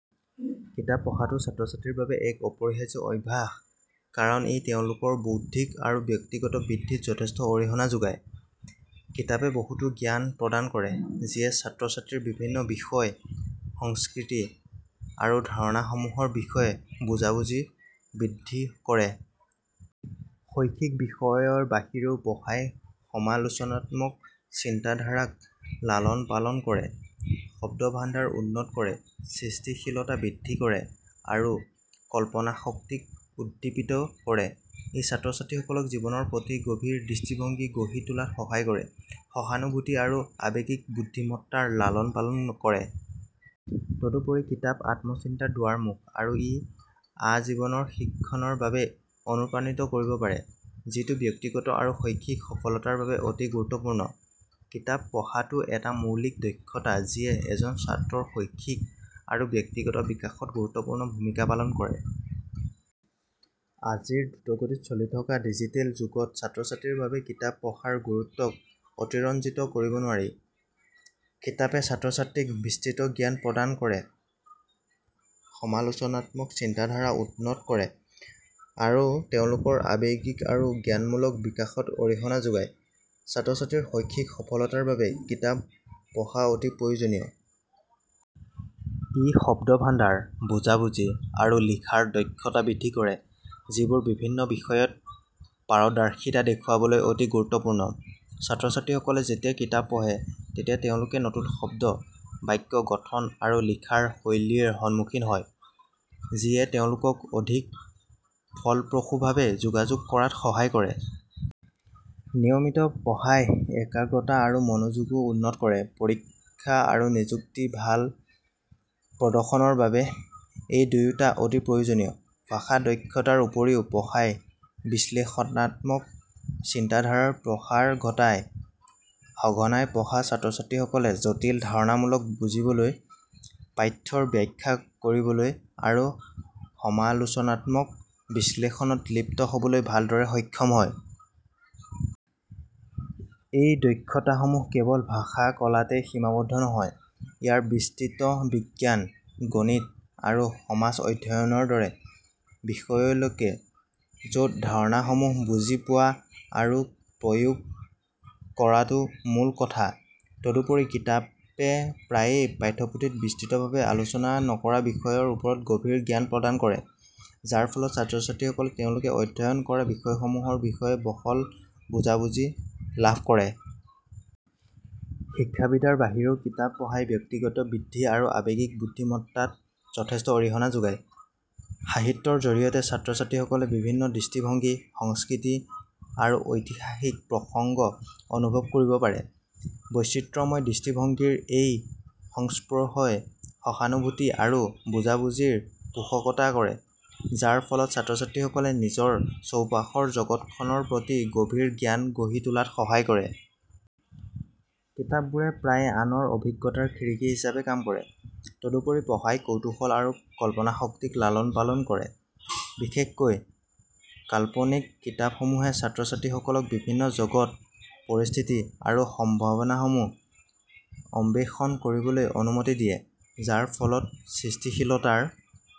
কিতাপ পঢ়াটো ছাত্ৰ-ছাত্ৰীৰ বাবে এক অপৰিহাৰ্য অভ্যাস কাৰণ ই তেওঁলোকৰ বৌদ্ধিক আৰু ব্যক্তিগত বৃদ্ধিত যথেষ্ট অৰিহণা যোগায়। কিতাপে বহুতো জ্ঞান প্ৰদান কৰে যিয়ে ছাত্ৰ-ছাত্ৰীৰ বিভিন্ন বিষয়, সংস্কৃতি আৰু ধাৰণাসমূহৰ বিষয়ে বুজাবুজি বৃদ্ধি কৰে। শৈক্ষিক বিষয়ৰ বাহিৰেও পঢ়াই সমালোচনাত্মক চিন্তাধাৰাক লালন-পালন কৰে, শব্দভাণ্ডাৰ উন্নত কৰে, সৃষ্টিশীলতা বৃদ্ধি কৰে আৰু কল্পনাশক্তিক উদ্দীপিত কৰে। ই ছাত্ৰ-ছাত্ৰীসকলক জীৱনৰ প্ৰতি গভীৰ দৃষ্টিভংগী গঢ়ি তোলাত সহায় কৰে, সহানুভূতি আৰু আৱেগিক বুদ্ধিমত্তাৰ লালন-পালন কৰে। তদুপৰি কিতাপ আত্মচিন্তাৰ দুৱাৰমুখ আৰু ই আজীৱন শিক্ষণৰ বাবে অনুপ্ৰাণিত কৰিব পাৰে, যিটো ব্যক্তিগত আৰু শৈক্ষিক সফলতাৰ বাবে অতি গুৰুত্বপূৰ্ণ। কিতাপ পঢ়াটো এটা মৌলিক দক্ষতা যিয়ে এজন ছাত্ৰৰ শৈক্ষিক আৰু ব্যক্তিগত বিকাশত গুৰুত্বপূৰ্ণ ভূমিকা পালন কৰে। আজিৰ দ্ৰুতগতিত চলি থকা ডিজিটেল যুগত ছাত্ৰ-ছাত্ৰীৰ বাবে কিতাপ পঢ়াৰ গুৰুত্বক অতিৰঞ্জিত কৰিব নোৱাৰি। কিতাপে ছাত্ৰ-ছাত্ৰীক বিস্তৃত জ্ঞান প্ৰদান কৰে, সমালোচনাত্মক চিন্তাধাৰা উন্নত কৰে, আৰু তেওঁলোকৰ আৱেগিক আৰু জ্ঞানমূলক বিকাশত অৰিহণা যোগায়। ছাত্ৰ-ছাত্ৰীৰ শৈক্ষিক সফলতাৰ বাবে কিতাপ পঢ়া অতি প্ৰয়োজনীয়। ই শব্দভাণ্ডাৰ, বুজাবুজি, আৰু লিখাৰ দক্ষতা বৃদ্ধি কৰে, যিবোৰ বিভিন্ন বিষয়ত পাৰদৰ্শিতা দেখুৱাবলৈ অতি গুৰুত্বপূৰ্ণ। ছাত্ৰ-ছাত্ৰীসকলে যেতিয়া কিতাপ পঢ়ে তেতিয়া তেওঁলোকে নতুন শব্দ, বাক্য গঠন আৰু লিখাৰ শৈলীৰ সন্মুখীন হয়, যিয়ে তেওঁলোকক অধিক ফলপ্ৰসূভাৱে যোগাযোগ কৰাত সহায় কৰে। নিয়মিত পঢ়াই একাগ্ৰতা আৰু মনোযোগো উন্নত কৰে, পৰীক্ষা আৰু নিযুক্তিত ভাল প্ৰদৰ্শনৰ বাবে এই দুয়োটা অতি প্ৰয়োজনীয়। ভাষা দক্ষতাৰ উপৰিও পঢ়াই বিশ্লেষণাত্মক চিন্তাধাৰাৰ প্ৰসাৰ ঘটায়। সঘনাই পঢ়া ছাত্ৰ-ছাত্ৰীসকলে জটিল ধাৰণাসমূহ বুজিবলৈ, পাঠ্যৰ ব্যাখ্যা কৰিবলৈ আৰু সমালোচনাত্মক বিশ্লেষণত লিপ্ত হ'বলৈ ভালদৰে সক্ষম হয়। এই দক্ষতাসমূহ কেৱল ভাষা কলাতে সীমাবদ্ধ নহয়; ইয়াৰ বিস্তৃত বিজ্ঞান, গণিত, আৰু সমাজ অধ্যয়নৰ দৰে বিষয়লৈকে, য'ত ধাৰণাসমূহ বুজি পোৱা আৰু প্ৰয়োগ কৰাটো মূল কথা। তদুপৰি কিতাপে প্ৰায়ে পাঠ্যপুথিত বিস্তৃতভাৱে আলোচনা নকৰা বিষয়ৰ ওপৰত গভীৰ জ্ঞান প্ৰদান কৰে, যাৰ ফলত ছাত্ৰ-ছাত্ৰীসকলে তেওঁলোকে অধ্যয়ন কৰা বিষয়সমূহৰ বিষয়ে বহল বুজাবুজি লাভ কৰে। শিক্ষাবিদ্যাৰ বাহিৰেও কিতাপ পঢ়াই ব্যক্তিগত বৃদ্ধি আৰু আৱেগিক বুদ্ধিমত্তাত যথেষ্ট অৰিহণা যোগায়। সাহিত্যৰ জৰিয়তে ছাত্ৰ-ছাত্ৰীসকলে বিভিন্ন দৃষ্টিভংগী, সংস্কৃতি, আৰু ঐতিহাসিক প্ৰসংগ অনুভৱ কৰিব পাৰে। বৈচিত্ৰময় দৃষ্টিভংগীৰ এই সংস্পৰ্শই সহানুভূতি আৰু বুজাবুজিৰ পোষকতা কৰে, যাৰ ফলত ছাত্ৰ-ছাত্ৰীসকলে নিজৰ চৌপাশৰ জগতখনৰ প্ৰতি গভীৰ জ্ঞান গঢ়ি তোলাত সহায় কৰে। কিতাপবোৰে প্ৰায়ে আনৰ অভিজ্ঞতাৰ খিৰিকী হিচাপে কাম কৰে। তদুপৰি পঢ়াই কৌতুহল আৰু কল্পনাশক্তিক লালন-পালন কৰে। বিশেষকৈ কাল্পনিক কিতাপসমূহে ছাত্ৰ-ছাত্ৰীসকলক বিভিন্ন জগত, পৰিস্থিতি আৰু সম্ভাৱনাসমূহ অন্বেষণ কৰিবলৈ অনুমতি দিয়ে, যাৰ ফলত সৃষ্টিশীলতাৰ